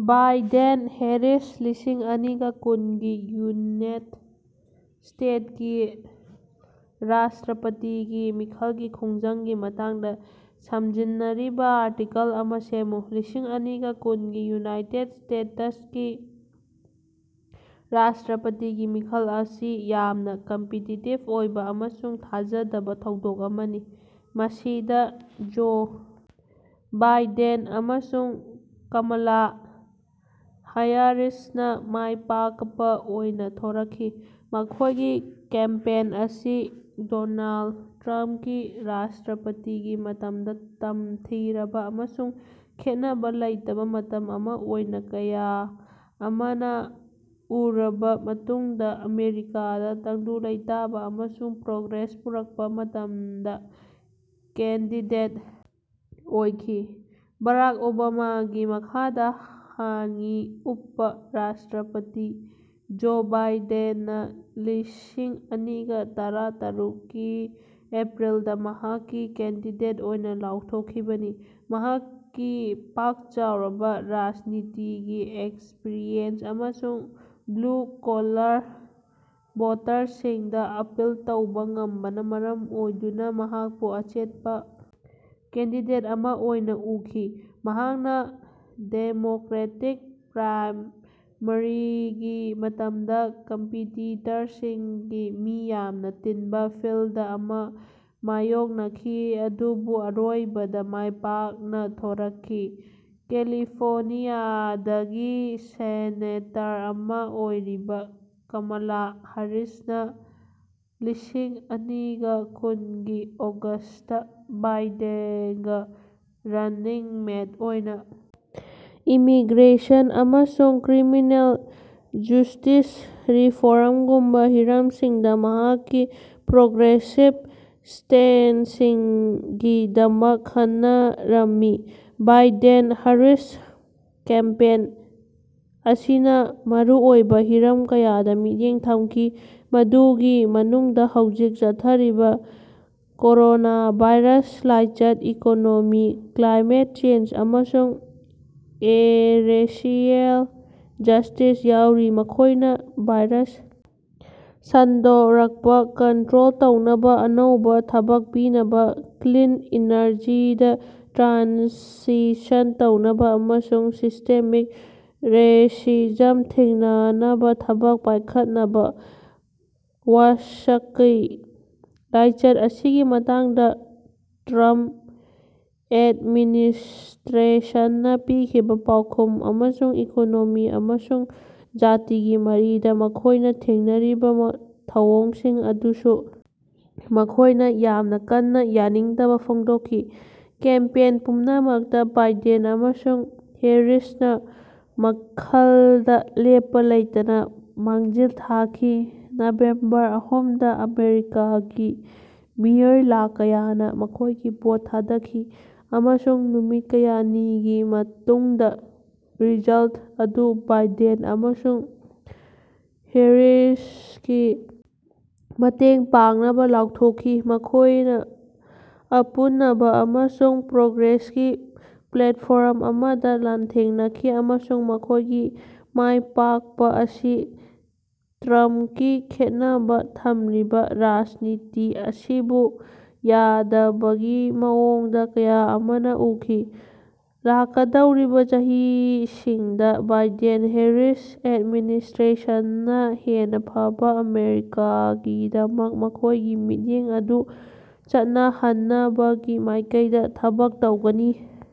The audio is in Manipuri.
ꯕꯥꯏꯗꯦꯟ-ꯍꯦꯔꯤꯁ ꯂꯤꯁꯤꯡ ꯑꯅꯤꯒ ꯀꯨꯟ ꯒꯤ ꯌꯨꯅꯥꯦꯠ ꯁ꯭ꯇꯦꯠꯀꯤ ꯔꯥꯁꯇ꯭ꯔꯥꯄꯇꯤꯒꯤ ꯃꯤꯈꯜꯒꯤ ꯈꯣꯡꯖꯪꯒꯤ ꯃꯇꯥꯡꯗꯥ ꯁꯝꯖꯤꯟꯅꯔꯤꯕꯥ ꯑꯥꯔꯇꯤꯀꯜ ꯑꯃꯥ ꯁꯦꯝꯃꯨ꯫ ꯂꯤꯁꯤꯡ ꯑꯅꯤꯒ ꯀꯨꯟ ꯒꯤ ꯌꯨꯅꯥꯏꯇꯦꯗ ꯁ꯭ꯇꯦꯇꯁꯀꯤ ꯔꯥꯁꯇ꯭ꯔꯥꯄꯇꯤꯒꯤ ꯃꯤꯈꯜ ꯑꯁꯤ ꯌꯥꯝꯅꯥ ꯀꯝꯄꯤꯇꯤꯇꯤꯕ ꯑꯣꯏꯕꯥ ꯑꯃꯁꯨꯡ ꯊꯥꯖꯗꯕꯥ ꯊꯧꯗꯣꯛ ꯑꯃꯅꯤ, ꯃꯁꯤꯗꯥ ꯖꯣ ꯕꯥꯏꯗꯦꯟ ꯑꯃꯁꯨꯡ ꯀꯃꯂꯥ ꯍ꯭ꯌꯥꯔꯤꯁꯅꯥ ꯃꯥꯏꯄꯥꯀꯄꯥ ꯑꯣꯏꯅꯥ ꯊꯣꯔꯛꯈꯤ꯫ ꯃꯈꯣꯏꯒꯤ ꯀꯦꯝꯄꯦꯟ ꯑꯁꯤ ꯗꯣꯅꯥꯜꯗ ꯇ꯭ꯔꯝꯀꯤ ꯔꯥꯁꯇ꯭ꯔꯥꯄꯇꯤꯒꯤ ꯃꯇꯝꯗꯥ ꯇꯝꯊꯤꯔꯕꯥ ꯑꯃꯁꯨꯡ ꯈꯦꯟꯅꯕꯥ ꯂꯩꯇꯕꯥ ꯃꯇꯝ ꯑꯃꯥ ꯑꯣꯏꯅꯥ ꯀꯌꯥ ꯑꯃꯅꯥ ꯑꯨꯔꯕꯥ ꯃꯇꯨꯡꯗꯥ ꯑꯃꯦꯔꯤꯀꯥꯗꯥ ꯇꯪꯗꯨ ꯂꯩꯇꯥꯕꯥ ꯑꯃꯁꯨꯡ ꯄ꯭ꯔꯣꯒ꯭ꯔꯦꯁ ꯄꯨꯔꯛꯄ ꯃꯇꯝꯗ ꯀꯦꯟꯗꯤꯗꯦꯠ ꯑꯣꯏꯈꯤ꯫ ꯕꯔꯥꯛ ꯑꯣꯕꯥꯃꯥꯒꯤ ꯃꯈꯥꯗꯥ ꯍꯥꯟꯉꯤ ꯑꯨꯞꯄ ꯔꯥꯁꯇ꯭ꯔꯄꯇꯤ ꯖꯣ ꯕꯥꯏꯗꯦꯟꯅꯥ ꯂꯤꯁꯤꯡ ꯑꯅꯤꯒ ꯇꯔ ꯇꯔꯨꯛꯒꯤ ꯑꯦꯄ꯭ꯔꯤꯜꯗꯥ ꯃꯍꯥꯛꯀꯤ ꯀꯦꯟꯗꯤꯗꯦꯠ ꯑꯣꯏꯅꯥ ꯂꯥꯎꯊꯣꯛꯈꯤꯕꯅꯤ, ꯃꯍꯥꯛꯀꯤ ꯄꯥꯛ ꯆꯥꯎꯔꯕꯥ ꯔꯥꯖꯅꯤꯇꯤꯒꯤ ꯑꯦꯛꯁꯄ꯭ꯔꯤꯌꯦꯟꯁ ꯑꯃꯁꯨꯡ ꯕ꯭ꯂꯨ-ꯀꯣꯂꯥꯔ ꯚꯣꯇꯔꯁꯤꯡꯗꯥ ꯑꯄꯤꯜ ꯇꯧꯕꯥ ꯉꯝꯕꯅꯥ ꯃꯔꯝ ꯑꯣꯏꯗꯨꯅꯥ ꯃꯍꯥꯛꯄꯨ ꯑꯆꯦꯠꯄꯥ ꯀꯦꯟꯗꯤꯗꯦꯠ ꯑꯃꯥ ꯑꯣꯏꯅꯥ ꯑꯨꯈꯤ꯫ ꯃꯍꯥꯛꯅꯥ ꯗꯦꯃꯣꯀ꯭ꯔꯦꯇꯤꯛ ꯄ꯭ꯔꯥꯏꯃꯔꯤꯒꯤ ꯃꯇꯝꯗꯥ ꯀꯝꯄꯤꯇꯤꯇꯔꯁꯤꯡꯒꯤ ꯃꯤ ꯌꯥꯝꯅꯥ ꯇꯤꯟꯕꯥ ꯐꯤꯜꯗ ꯑꯃꯥ ꯃꯥꯌꯣꯛꯅꯈꯤ ꯑꯗꯨꯕꯨ ꯑꯔꯣꯏꯕꯗꯥ ꯃꯥꯏꯄꯥꯛꯅꯥ ꯊꯣꯔꯀꯈꯤ꯫ ꯀꯦꯂꯤꯐꯣꯔꯅꯤꯌꯥꯗꯒꯤ ꯁꯦꯅꯦꯇꯔ ꯑꯃꯥ ꯑꯣꯏꯔꯤꯕꯥ ꯀꯃꯂꯥ ꯍ꯭ꯌꯥꯔꯤꯁꯅꯥ ꯂꯤꯁꯤꯡ ꯑꯅꯤꯒ ꯀꯨꯟꯒꯤ ꯑꯣꯒꯁꯇꯥ ꯕꯥꯏꯗꯦꯒ ꯔꯟꯅꯤꯡ ꯃꯦꯠ ꯑꯣꯏꯅꯥ ꯏꯃꯤꯒ꯭ꯔꯦꯁꯟ, ꯑꯃꯁꯨꯡ ꯀ꯭ꯔꯤꯃꯤꯅꯦꯜ ꯖꯨꯁꯇꯤꯁ ꯔꯤꯐꯣꯔꯝꯒꯨꯝꯕꯥ ꯍꯤꯔꯝꯁꯤꯡꯗꯥ ꯃꯍꯥꯛꯀꯤ ꯄ꯭ꯔꯣꯒ꯭ꯔꯦꯁꯤꯚ ꯁ꯭ꯇꯦꯟꯁꯁꯤꯡꯒꯤꯗꯃꯛ ꯈꯡꯅꯔꯝꯃꯤ꯫ ꯕꯥꯏꯗꯦꯟ-ꯍꯔꯤꯁ ꯀꯦꯝꯄꯦꯟ ꯑꯁꯤꯅꯥ ꯃꯔꯨꯑꯣꯏꯕꯥ ꯍꯤꯔꯝ ꯀꯌꯥꯗꯥ ꯃꯤꯠꯌꯦꯡ ꯊꯝꯈꯤ, ꯃꯗꯨꯒꯤ ꯃꯅꯨꯡꯗꯥ ꯍꯧꯖꯤꯛ ꯆꯠꯊꯔꯤꯕꯥ ꯀꯣꯔꯣꯅꯥꯚꯥꯏꯔꯁ ꯂꯥꯏꯆꯠ, ꯏꯀꯣꯅꯣꯃꯤ, ꯀ꯭ꯂꯥꯏꯃꯦꯠ ꯆꯦꯟꯖ, ꯑꯃꯁꯨꯡ ꯔꯦꯁꯤꯑꯦꯜ ꯖꯁꯇꯤꯁ ꯌꯥꯎꯔꯤ꯫ ꯃꯈꯣꯏꯅꯥ ꯚꯥꯏꯔꯁ ꯁꯟꯗꯣꯔꯛꯄꯥ ꯀꯟꯠꯇ꯭ꯔꯣꯜ ꯇꯧꯅꯕꯥ, ꯑꯅꯧꯕꯥ ꯊꯕꯛ ꯄꯤꯅꯕꯥ, ꯀ꯭ꯂꯤꯟ ꯏꯅꯔꯖꯤꯗꯥ ꯇ꯭ꯔꯥꯟꯁꯤꯁꯟ ꯇꯧꯅꯕꯥ, ꯑꯃꯁꯨꯡ ꯁꯤꯁ꯭ꯇꯦꯃꯤꯛ ꯔꯦꯁꯤꯖꯝ ꯊꯦꯡꯅꯅꯕꯥ ꯊꯕꯛ ꯄꯥꯏꯈꯠꯅꯕꯥ ꯋꯥꯁꯀꯈꯤ꯫ ꯂꯥꯏꯆꯠ ꯑꯁꯤꯒꯤ ꯃꯇꯥꯡꯗꯥ ꯇ꯭ꯔꯝ꯭ꯄ ꯑꯦꯗꯃꯤꯅꯤꯁꯇ꯭ꯔꯦꯁꯟꯅꯥ ꯄꯤꯈꯤꯕꯥ ꯄꯥꯎꯈꯨꯝ, ꯑꯃꯁꯨꯡ ꯏꯀꯣꯅꯣꯃꯤ ꯑꯃꯁꯨꯡ ꯖꯥꯇꯤꯒꯤ ꯃꯔꯤꯗꯥ ꯃꯈꯣꯏꯅꯥ ꯊꯦꯡꯅꯔꯤꯕꯥ ꯊꯧꯑꯣꯡꯁꯤꯡ ꯑꯗꯨꯁꯨ ꯃꯈꯣꯏꯅꯥ ꯌꯥꯝꯅꯥ ꯀꯟꯅꯥ ꯌꯥꯅꯤꯡꯗꯕꯥ ꯐꯣꯡꯗꯣꯀꯈꯤ꯫ ꯀꯦꯝꯄꯦꯟ ꯄꯨꯝꯅꯃꯛꯇꯥ ꯕꯥꯏꯗꯦꯟ ꯑꯃꯁꯨꯡ ꯍ꯭ꯌꯥꯔꯤꯁꯅꯥ ꯃꯤꯈꯜꯗꯥ ꯂꯦꯞꯄꯥ ꯂꯩꯇꯅꯥ ꯃꯥꯡꯖꯤꯜ ꯊꯥꯈꯤ꯫ ꯅꯕꯦꯝꯕꯔ ꯑꯍꯨꯝꯗꯥ ꯑꯃꯦꯔꯤꯀꯥꯒꯤ ꯃꯤꯑꯣꯏ ꯂꯥꯈ ꯀꯌꯥꯅꯥ ꯃꯈꯣꯏꯒꯤ ꯚꯣꯠ ꯊꯥꯗꯈꯤ, ꯑꯃꯁꯨꯡ ꯅꯨꯃꯤꯠ ꯀꯌꯥꯅꯤꯒꯤ ꯃꯇꯨꯡꯗꯥ ꯔꯤꯖꯜꯇ ꯑꯗꯨ ꯕꯥꯏꯗꯦꯟ ꯑꯃꯁꯨꯡ ꯍ꯭ꯌꯥꯔꯤꯁꯀꯤ ꯃꯇꯦꯡ ꯄꯥꯡꯅꯕꯥ ꯂꯥꯎꯊꯣꯀꯈꯤ꯫ ꯃꯈꯣꯌꯅꯥ ꯑꯄꯨꯅꯕꯥ ꯑꯃꯁꯨꯡ ꯄ꯭ꯔꯣꯒ꯭ꯔꯦꯁꯀꯤ ꯄ꯭ꯂꯦꯠꯐꯣꯔꯝ ꯑꯃꯗꯥ ꯂꯥꯟꯊꯦꯡꯅꯈꯤ, ꯑꯃꯁꯨꯡ ꯃꯈꯣꯏꯒꯤ ꯃꯥꯏꯄꯥꯛꯄꯥ ꯑꯁꯤ ꯇ꯭ꯔꯝ꯭ꯄꯀꯤ ꯈꯦꯟꯅꯕꯥ ꯊꯝꯂꯤꯕꯥ ꯔꯥꯖꯅꯤꯇꯤ ꯑꯁꯤꯕꯨ ꯌꯥꯗꯕꯒꯤ ꯃꯑꯣꯡꯗꯥ ꯀꯌꯥ ꯑꯃꯅꯥ ꯑꯨꯈꯤ꯫ ꯂꯥꯛꯀꯗꯧꯔꯤꯕꯥ ꯆꯍꯤꯁꯤꯡꯗꯥ ꯕꯥꯏꯗꯦꯟ-ꯍꯦꯔꯤꯁ ꯑꯦꯗꯃꯤꯅꯤꯁꯇ꯭ꯔꯦꯁꯟꯅꯥ ꯍꯦꯟꯅꯥ ꯐꯕꯥ ꯑꯃꯦꯔꯤꯀꯥꯒꯤꯗꯃꯛ ꯃꯈꯣꯏꯒꯤ ꯃꯤꯠꯌꯦꯡ ꯑꯗꯨ ꯆꯠꯅꯍꯟꯅꯕꯒꯤ ꯃꯥꯏꯀꯩꯗꯥ ꯊꯕꯛ ꯇꯧꯒꯅꯤ꯫